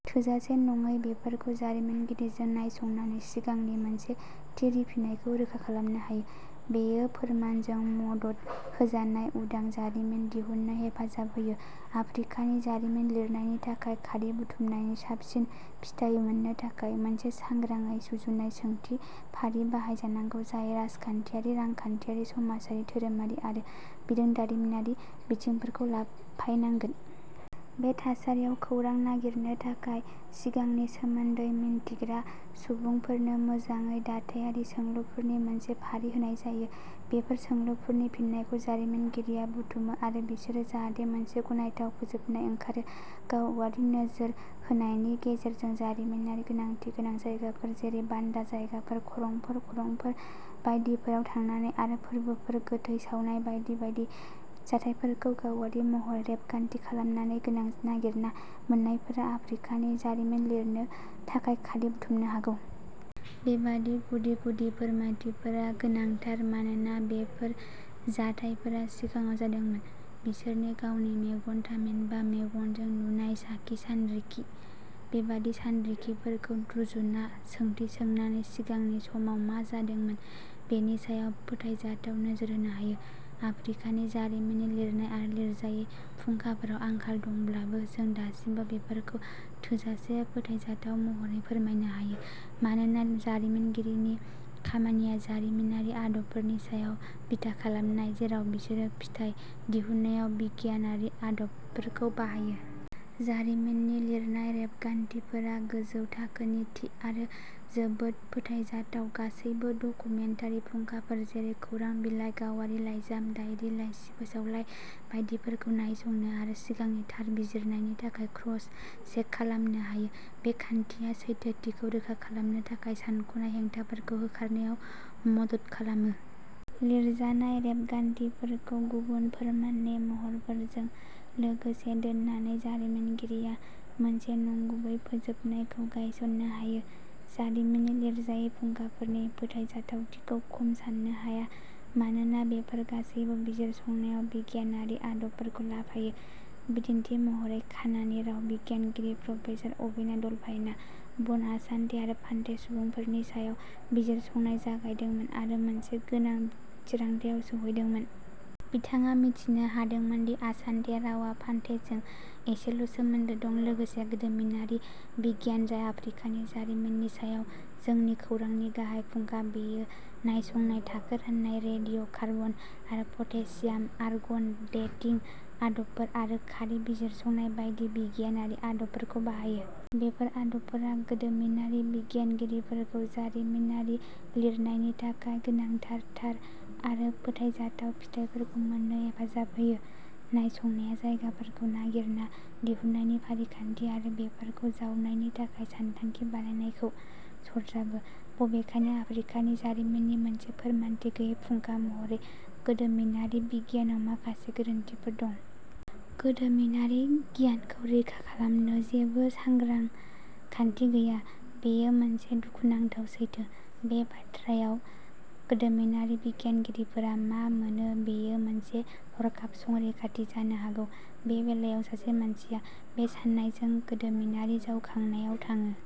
थोजासे नङै बेफोरखौ जारिमिनगिरिजों नायसंनानै सिगांनि मोनसे थि रिफिनायखौ रोखा खालामनो हायो। बेयो फोरमानजों मदद होजानाय उदां जारिमिन दिहुन्नो हेफाजाब होयो। आफ्रिकानि जारिमिन लिरनायनि थाखाय खारि बुथुमनायनि साबसिन फिथाय मोननो थाखाय मोनसे सांग्राङै सुजुनाय सोंथि फारि बाहायजानांगौ जाय राजखान्थियारि रांखान्थियारि समाजारि धोरोमारि आरो बिरोंदामिनारि बिथिंफोरखौ लाफायनांगोन। बे थासारियाव खौरां नागिरनो थाखाय सिगांनि सोमोन्दै मिन्थिग्रा सुबुंफोरनो मोजाङै दाथायारि सोंलुफोरनि मोनसे फारि होनाय जायो। बेफोर सोंलुफोरनि फिननायखौ जारिमिनगिरिया बुथुमो आरो बिजिरो जाहाथे मोनसे गनायथाव फोजोबनाय ओंखारो गावारि नोजोर होनायनि गेजेरजों जारिमिनारि गोनांथि गोनां जायगाफोर जेरै बान्दा जायगाफोर खरंफोर खरंफोर बायदिफोराव थांनानै आरो फोरबोफोर गोथै सावनाय बायदि बायदि जाथायफोरखौ गावारि महरै रेबगान्थि खालामनानै गोनां नागिरना मोन्नायफोरा आफ्रिकानि जारिमिन लिरनो थाखाय खारि बुथुमनो हागौ। बेबादि गुदि-गुदि फोरमायथिफोरा गोनांथार मानोना बेफोर जाथायफोरा सिगाङाव जादोंमोन। बिसोरनि गावनि मेगन थामहिनबा मेगनजों नुनाय साखि सानरिखि। बेबादि सानरिखिफोरखौ रुजुना सोंथि सोंनानै सिगांनि समाव मा जादोंमोन बेनि सायाव फोथायजाथाव नोजोर होनो हायो। आफ्रिकानि जारिमिननि लिरनाय आरो लिरजायै फुंखाफोराव आंखाल दंब्लाबो जों दासिमबो बेफोरखौ थोजासे फोथायजाथाव महरै फोरमायनो हायो मानोना जारिमिनगिरिनि खामानिया जारिमिनारि आदबफोरनि सायाव बिथा खालामनाय जेराव बिसोरो फिथाइ दिहुननायाव बिगियानारि आदबफोरखौ बाहायो। जारिमिननि लिरनाय रेबगान्थिफोरा गोजौ थाखोनि थि आरो जोबोद फोथायजाथाव। गासैबो डकुमेन्टारि फुंखाफोर जेरै खौरां बिलाइ गावारि लाइजाम दाइरि लाइसि फोसावलाइ बायदिफोरखौ नायसंनो आरो सिगांनि थार बिजिरनायनि थाखाय क्रस चेक खालामनो हायो। बे खान्थिया सैथोथिखौ रोखा खालामनो थाखाय सानख'नाय, हेंथाफोरखौ होखारनायाव मदद खालामो। लिरजानाय रेबगान्थिफोरखौ गुबुन फोरमाननि महरफोरजों लोगोसे दोननानै जारिमिनगिरिया मोनसे नंगुबै फोजोबनायखौ गायसननो हायो। जारिमिननि लिरजायै फुंखाफोरनि फोथायजाथावथिखौ खम सान्नो हाया मानोना बेफोर गासैबो बिजिरसंनायाव बिगियानारि आदबफोरखौ लाफायो। बिदिन्थि महरै घानानि राव बिगियानगिरि प्रफेसार अबेना डल्फाइनआ बन आसान्ते आरो फान्ते सुबुंफोरनि सायाव बिजिरसंनाय जागायदोंमोन आरो मोनसे गोनां थिरांथायाव सौहैदोंमोन। बिथाङा मिथिनो हादोंमोन दि आसान्ते रावआ फान्तेजों एसेल सोमोन्दो दं। लोगोसे गोदोमिनारि बिगियान जाय आफ्रिकानि जारिमिननि सायाव जोंनि खौरांनि गाहाय फुंखा बेयो नायसंनाय थाखो राननाय रेडिय'कार्बन आरो पटेसियाम आर्गन डेटिं आदबफोर आरो खारि बिजिरसंनाय बायदि बिगियानारि आदबफोरखौ बाहायो। बेफोर आदबफोरा गोदोमिनारि बिगियानगिरिफोरखौ जारिमिनारि लिरनायनि थाखाय गोनांथार थार आरो फोथायजाथाव फिथाइफोरखौ मोननो हेफाजाब होयो। नायसंनाया जायगाफोरखौ नागिरना दिहुननायनि फारिखान्थि आरो बेफोरखौ जावनायनि थाखाय सानथांखि बानायनायखौ सरजाबो। बबेखानि आफ्रिकानि जारिमिननि मोनसे फोरमानथि गैयै फुंखा महरै गोदोमिनारि बिगियानाव माखासे गोरोन्थिफोर दं। गोदोमिनारि गियानखौ रैखा खालामनो जेबो सांग्रां खान्थि गैया बेयो मोनसे दुखुनांथाव सैथो। बे बाथ्रायाव गोदोमिनारि बिगियानगिरिफोरा मा मोनो बेयो मोनसे हरखाब संरैखाथि जानो हागौ। बे बेलायाव सासे मानसिया बे साननायजों गोदोमिनारि जावखांनायाव थाङो।